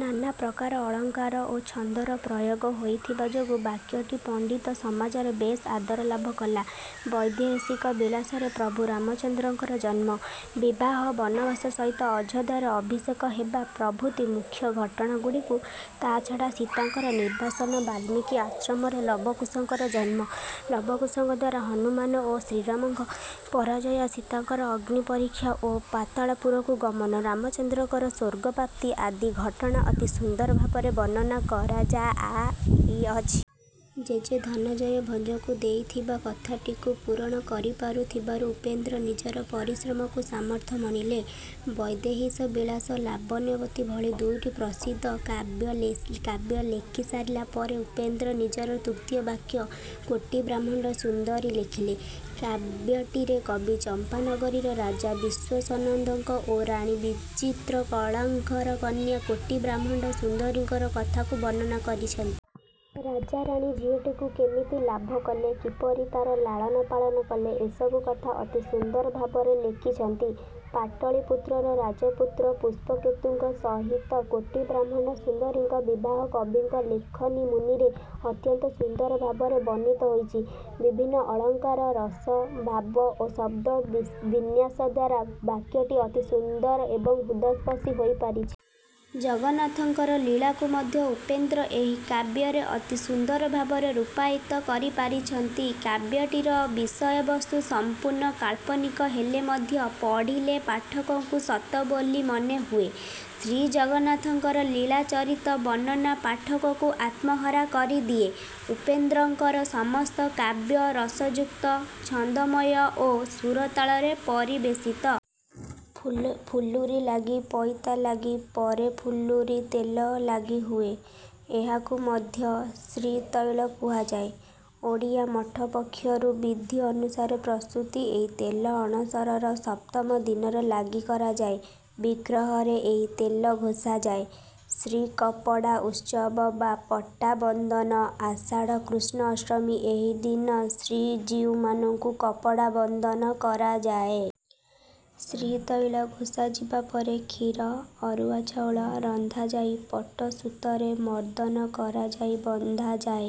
ନାନା ପ୍ରକାର ଅଳଙ୍କାର ଓ ଛନ୍ଦର ପ୍ରୟୋଗ ହୋଇଥିବା ଯୋଗୁଁ କାବ୍ୟଟି ପଣ୍ଡିତ ସମାଜରେ ବେଶ୍ ଆଦରଲାଭ କଲା। "ବୈଦେହୀଶ ବିଳାସ"ରେ ପ୍ରଭୁ ରାମଚନ୍ଦ୍ରଙ୍କ ଜନ୍ମ, ବିବାହ, ବନବାସ ସହିତ ଅଯୋଧ୍ୟାରେ ଅଭିଷେକ ହେବା ପ୍ରଭୃତି ମୁଖ୍ୟ ଘଟଣାଗୁଡିକୁ ତାଛଡା ସୀତାଙ୍କର ନିର୍ବାସନ, ବାଲ୍ମୀକି ଆଶ୍ରମରେ ଲବକୁଶଙ୍କର ଜନ୍ମ, ଲବକୁଶଙ୍କଦ୍ୱାରା ହନୁମାନ ଓ ଶ୍ରୀରାମଙ୍କ ପରାଜୟ, ସୀତାଙ୍କର ଅଗ୍ନି ପରୀକ୍ଷା ଓ ପାତାଳପୁରକୁ ଗମନ, ରାମଚନ୍ଦ୍ରଙ୍କର ସ୍ୱର୍ଗପ୍ରାପ୍ତି ଆଦି ଘଟଣା ଅତି ସୁନ୍ଦର ଭାବରେ ବର୍ଣ୍ଣନା କରାଯାଆଇଅଛି। ଜେଜେ ଧନଞ୍ଜୟ ଭଞ୍ଜଙ୍କୁ ଦେଇଥିବା କଥାଟିକୁ ପୂରଣ କରିପାରିଥିବାରୁ ଉପେନ୍ଦ୍ର ନିଜର ପରିଶ୍ରମକୁ ସାର୍ଥକ ମଣିଲେ। "ବୈଦେହୀଶ ବିଳାସ", "ଲାବଣ୍ୟବତୀ" ଭଳି ଦୁଇଟି ପ୍ରସିଦ୍ଧ କାବ୍ୟ ଲେଖିସାରିଲା ପରେ ଉପେନ୍ଦ୍ର ନିଜର ତୃତୀୟ କାବ୍ୟ "କୋଟି ବ୍ରହ୍ମାଣ୍ଡ ସୁନ୍ଦରୀ" ଲେଖିଲେ। କାବ୍ୟଟିରେ କବି ଚମ୍ପାନଗରୀର ରାଜା ବିଶ୍ୱାସନନ୍ଦକ ଓ ରାଣୀ ବିଚିତ୍ରକଳାଙ୍କର କନ୍ୟା କୋଟି ବ୍ରହ୍ମାଣ୍ଡ ସୁନ୍ଦରୀଙ୍କର କଥାକୁ ବର୍ଣ୍ଣନା କରିଛନ୍ତି. ରାଜାରାଣୀ ଝିଅଟିକୁ କେମିତି ଲାଭ କଲେ, କିପରି ତାର ଲାଳନ ପାଳନ କଲେ ଏସବୁ କଥା ଅତି ସୁନ୍ଦର ଭାବରେ ଲେଖିଛନ୍ତି। ପାଟଳିପୁତ୍ରର ରାଜପୁତ୍ର ପୁଷ୍ପକେତୁଙ୍କ ସହିତ କୋଟି ବ୍ରହ୍ମାଣ୍ଡ ସୁନ୍ଦରୀଙ୍କ ବିବାହ କବିଙ୍କ ଲେଖନୀମୁନରେ ଅତ୍ୟନ୍ତ ସୁନ୍ଦର ଭାବରେ ବର୍ଣ୍ଣିତ ହୋଇଛି. ବିଭିନ୍ନ ଅଳଙ୍କାର, ରସ, ଭାବ ଓ ଶବ୍ଦ ବିନ୍ୟାସଦ୍ୱାରା କାବ୍ୟଟି ଅତି ସୁନ୍ଦର ଏବଂ ହୃଦୟସ୍ପର୍ଶୀ ହୋଇପାରିଛି. ଜଗନ୍ନାଥଙ୍କର ଲୀଳାକୁ ମଧ୍ୟ ଉପେନ୍ଦ୍ର ଏହି କାବ୍ୟରେ ଅତି ସୁନ୍ଦର ଭାବରେ ରୂପାୟିତ କରିପାରିଛନ୍ତି। କାବ୍ୟଟିର ବିଷୟବସ୍ତୁ ସମ୍ପୁର୍ଣ୍ଣ କାଳ୍ପନିକ ହେଲେ ମଧ୍ୟ ପଢ଼ିଲେ ପାଠକଙ୍କୁ ସତ ବୋଲି ମନେ ହୁଏ। ଶ୍ରୀଜଗନ୍ନାଥଙ୍କ ଲୀଳାଚରିତ ବର୍ଣ୍ଣନା ପାଠକକୁ ଆତ୍ମହରା କରିଦିଏ। ଉପେନ୍ଦ୍ରଙ୍କର ସମସ୍ତ କାବ୍ୟ ରସଯୁକ୍ତ, ଛନ୍ଦମୟ ଓ ସୁର-ତାଳରେ ପରିବେଷିତ। ଫୁଲୁରି ଲାଗି: ପଇତା ଲାଗି ପରେ ଫୁଲୁରି ତେଲ ଲାଗି ହୁଏ। ଏହାକୁ ମଧ୍ୟ 'ଶ୍ରୀତୈଳ' କୁହାଯାଏ। ଓଡ଼ିଆ ମଠ ପକ୍ଷରୁ ବିଧି ଅନୁସାରେ ପ୍ରସ୍ତୁତ ଏହି ତେଲ ଅଣସରର ସପ୍ତମ ଦିନରେ ଲାଗି କରାଯାଏ। ବିଗ୍ରହରେ ଏହି ତେଲ ଘଷାଯାଏ। ଶ୍ରୀକପଡ଼ା ଉତ୍ସବ ବା ପଟ୍ଟାବନ୍ଧନ: ଆଷାଢ଼ କୃଷ୍ଣ ଅଷ୍ଟମୀ: ଏହିଦିନ ଶ୍ରୀ ଜୀଉମାନଙ୍କୁ କପଡ଼ା ବନ୍ଧନ କରାଯାଏ। ଶ୍ରୀତୈଳ ଘଷାଯିବା ପରେ କ୍ଷୀର, ଅରୁଆ ଚାଉଳ ରନ୍ଧାଯାଇ ପଟସୂତ୍ରରେ ମର୍ଦ୍ଦନ କରାଯାଇ ବନ୍ଧାଯାଏ।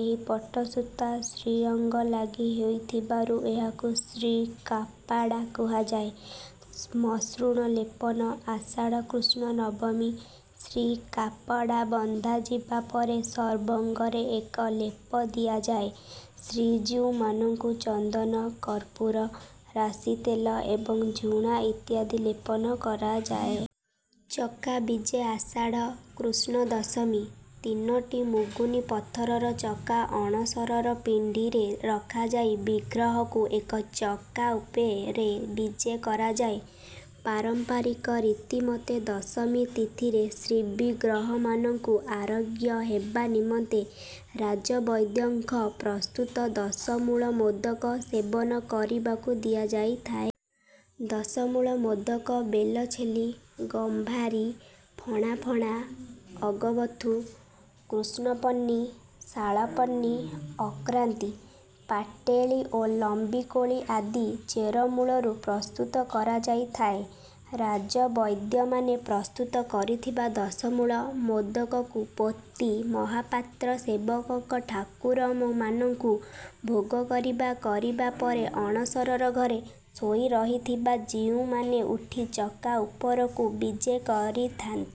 ଏହି ପଟସୂତ୍ର ଶ୍ରୀଅଙ୍ଗ ଲାଗି ହେଇଥିବାରୁ ଏହାକୁ 'ଶ୍ରୀକାପଡ଼ା' କୁହାଯାଏ। ମସୃଣ ଲେପନ: ଆଷାଢ଼ କୃଷ୍ଣ ନବମୀ: ଶ୍ରୀକାପଡ଼ା ବନ୍ଧାଯିବା ପରେ ସର୍ବାଙ୍ଗରେ ଏକ ଲେପ ଦିଆଯାଏ। ଶ୍ରୀ ଜୀଉମାନଙ୍କୁ ଚନ୍ଦନ, କର୍ପୂର, ରାଶିତେଲ, ଏବଂ ଝୁଣା ଇତ୍ୟାଦି ଲେପନ କରାଯାଏ। ଚକା ବିଜେ: ଆଷାଢ଼ କୃଷ୍ଣ ଦଶମୀ: ତିନୋଟି ମୁଗୁନି ପଥରର ଚକା ଅଣସର ପିଣ୍ଡିରେ ରଖାଯାଇ ବିଗ୍ରହଙ୍କୁ ଏକ ଚକା ଉପରେ ବିଜେ କରାଯାଏ। ପାରମ୍ପରିକ ରୀତି ମତେ ଦଶମୀ ତିଥିରେ ଶ୍ରୀବିଗ୍ରହମାନଙ୍କୁ ଆରୋଗ୍ୟ ହେବା ନିମନ୍ତେ ରାଜବୈଦ୍ୟଙ୍କ ପ୍ରସ୍ତୁତ ଦଶମୂଳ ମୋଦକ ସେବନ କରିବାକୁ ଦିଆଯାଇଥାଏ। ଦଶମୂଳ ମୋଦକ ବେଲଛେଲି, ଗମ୍ଭାରୀ, ଫଣଫଣା, ଅଗବଥୁ, କୃଷ୍ଣପର୍ଣ୍ଣି, ଶାଳପର୍ଣ୍ଣି, ଅକ୍ରାନ୍ତି, ପାଟେଳି ଓ ଲମ୍ବି କୋଳି ଆଦି ଚେରମୂଳିରୁ ପ୍ରସ୍ତୁତ କରାଯାଇଥାଏ। ରାଜବୈଦ୍ୟମାନେ ପ୍ରସ୍ତୁତ କରିଥିବା ଦଶମୂଳ ମୋଦକକୁ ପତି ମହାପାତ୍ର ସେବକ ଠାକୁରମାନଙ୍କୁ ଭୋଗ କରିବା କରିବା ପରେ ଅଣସର ଘରେ ଶୋଇରହିଥିବା ଜୀଉମାନେ ଉଠି ଚକା ଉପରକୁ ବିଜେ କରିଥାନ୍ତି।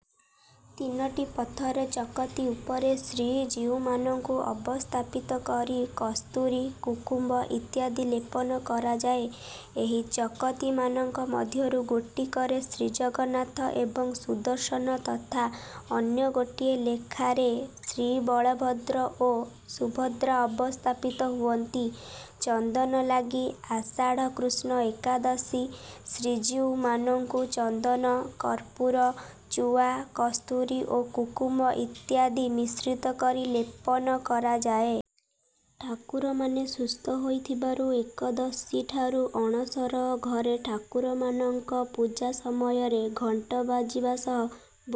ତିନିଟି ପଥର ଚକତି ଉପରେ ଶ୍ରୀ ଜୀଉମାନଙ୍କୁ ଅବସ୍ଥାପିତ କରି କସ୍ତୁରି, କୁଙ୍କୁମ ଇତ୍ୟାଦି ଲେପନ କରାଯାଏ। ଏହି ଚକତିମାନଙ୍କ ମଧ୍ୟରୁ ଗୋଟିକରେ ଶ୍ରୀଜଗନ୍ନାଥ ଏବଂ ସୁଦର୍ଶନ ତଥା ଅନ୍ୟ ଗୋଟିଏ ଲେଖାଁଏରେ ଶ୍ରୀବଳଭଦ୍ର ଓ ସୁଭଦ୍ରା ଅବସ୍ଥାପିତ ହୁଅନ୍ତି। ଚନ୍ଦନ ଲାଗି: ଆଷାଢ଼ କୃଷ୍ଣ ଏକାଦଶୀ: ଶ୍ରୀ ଜୀଉମାନଙ୍କୁ ଚନ୍ଦନ, କର୍ପୂର, ଚୁଆ, କସ୍ତୁରୀ ଓ କୁଙ୍କୁମ ଇତ୍ୟାଦି ମିଶ୍ରିତ କରି ଲେପନ କରାଯାଏ। ଠାକୁରମାନେ ସୁସ୍ଥ ହୋଇଥିବାରୁ ଏକାଦଶୀଠାରୁ ଅଣସର ଘରେ ଠାକୁରମାନଙ୍କ ପୂଜା ସମୟରେ ଘଣ୍ଟ ବାଜିବା ସହ,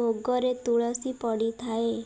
ଭୋଗରେ ତୁଳସୀ ପଡ଼ିଥାଏ।